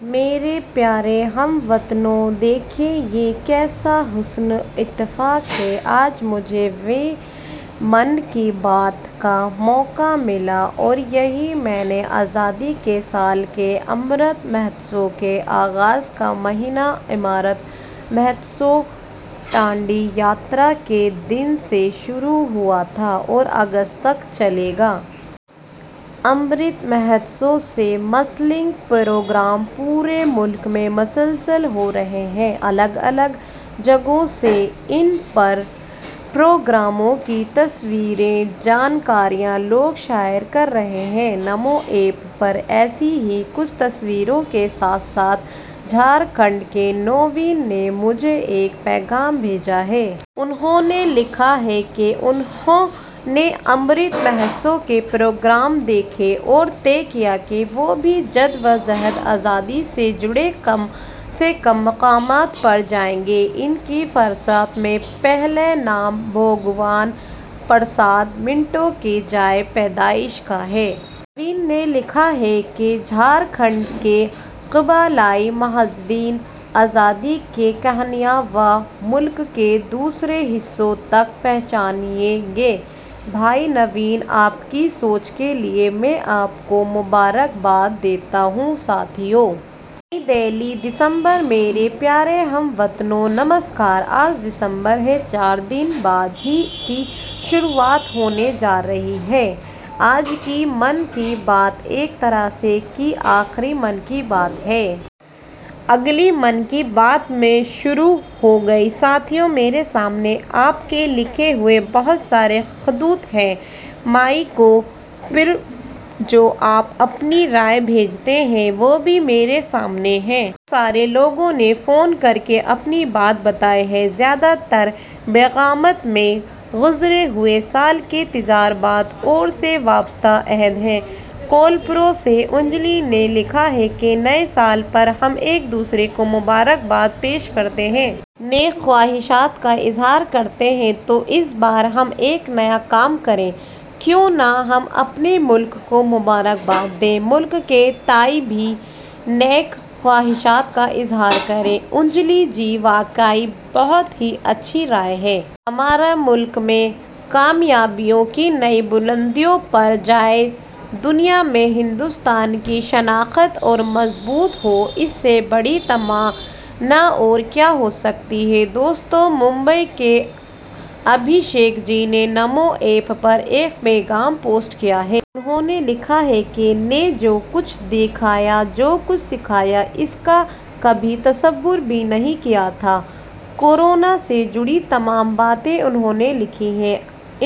میرے پیارے ہم وطنو، دیکھیے یہ کیسا حسن اتفاق ہے آج مجھے ویں 'من کی بات' کا موقع ملا اور یہی مہینہ آزادی کے سال کے 'امرت مہوتسو'کے آغاز کا مہینہ۔ امرت مہوتسو ڈانڈی یاترا کے دن سے شروع ہوا تھا اور اگست تک چلےگا۔ 'امرت مہوتسو' سے منسلک پروگرام پورے ملک میں مسلسل ہو رہے ہیں، الگ الگ جگہوں سے ان پروگراموں کی تصویریں، جانکاریاں لوگ شیئر کر رہے ہیں۔ نمو ایپ پر ایسی ہی کچھ تصویروں کے ساتھ ساتھ جھارکھنڈ کے نوین نے مجھے ایک پیغام بھیجا ہے۔ انہوں نے لکھا ہے کہ انہوں نے 'امرت مہوتسو' کے پروگرام دیکھے اور طے کیا کہ وہ بھی جد وجہد آزادی سے جڑے کم سے کم مقامات پر جائیں گے۔ ان کی فہرست میں پہلا نام، بھگوان برسا منڈا کے جائے پیدائش کا ہے۔ نوین نے لکھا ہے کہ جھارکھنڈ کے قبائلی مجاہدین آزادی کی کہانیاں وہ ملک کے دوسرے حصوں تک پہنچائیں گے۔ بھائی نوین، آپکی سوچ کے لیے میں آپ کو مبارکباد دیتا ہوں۔ ساتھیو،. نئی دہلی۔ دسمبر میرے پیارے ہم وطنو، نمسکار۔ آج دسمبر ہے۔ چار دن بعد ہی کی شروعات ہونے جا رہی ہے۔ آج کی 'من کی بات' ایک طرح سے کی آخری 'من کی بات' ہے۔ اگلی 'من کی بات' میں شروع ہوگی۔ ساتھیو، میرے سامنے آپ کے لکھے ہوئے بہت سے خطوط ہیں۔ ' مائی گو' پر جو آپ اپنی رائے بھیجتے ہیں، وہ بھی میرے سامنے ہیں۔ بہت سارے لوگوں نے فون کرکے اپنی بات بتائی ہے۔ زیادہ تر پیغامات میں، گذرے ہوئے سال کے تجربات ، اور، سے وابستہ عہد ہیں۔ کولہاپور سے انجلی جی نے لکھا ہے کہ نئے سال پر، ہم، ایک دوسرے کو مبارکباد پیش کرتے ہیں۔ نیک خواہشات کا اظہار کرتے ہیں تو اس بار ہم ایک نیا کام کریں۔ کیوں نہ ہم، اپنے ملک کو مبارکباد دیں، ملک کے تئیں بھی نیک خواہشات کا اظہار کریں۔ انجلی جی، واقعی، بہت ہی اچھی رائے ہے۔ ہمارا ملک میں کامیابیوں کی نئی بلندیوں پر جائے ، دنیا میں ہندوستان کی شناخت اورمضبوط ہو، اس سے بڑی تمنا اور کیا ہوسکتی ہے۔ دوستو ، ممبئی کے ابھیشیک جی نے نمو ایپ پر ایک پیغام پوسٹ کیا ہے۔ انہوں نے لکھا ہے کہ نے جو کچھ دکھایا ، جوکچھ سکھایا ، اس کا کبھی تصور بھی نہیں کیا تھا۔ کو رونا سے جڑی تمام باتیں انہوں نے لکھی ہیں۔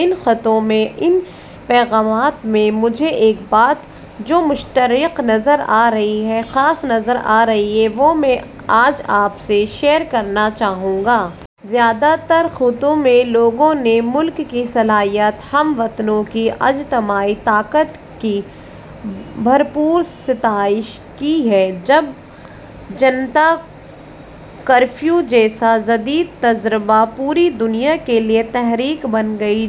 ان خطوں میں، ان پیغامات میں، مجھے، ایک بات جومشترک نظر آ رہی ہے، خاص نظر آ رہی ہے، وہ میں آج آپ سے شیئر کرنا چاہوں گا۔ زیادہ تر خطوں میں لوگوں نے ملک کی صلاحیت ، ہم وطنوں کی اجتماعی طاقت کی بھرپور ستائش کی ہے۔ جب جنتا کرفیو جیسا جدید تجربہ پوری دنیا کے لیے تحریک بن گئی ،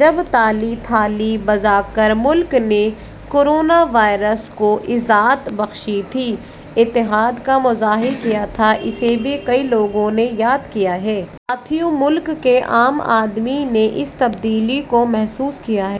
جب، تالی تھالی بجاکر ملک نے کورونا واریرس کو عزت بخشی تھی، اتحاد کا مظاہرہ کیا تھا، اسے بھی کئی لوگوں نے یاد کیا ہے ۔ ساتھیو، ملک کے عام آدمی نے اس تبدیلی کو محسوس کیا ہے۔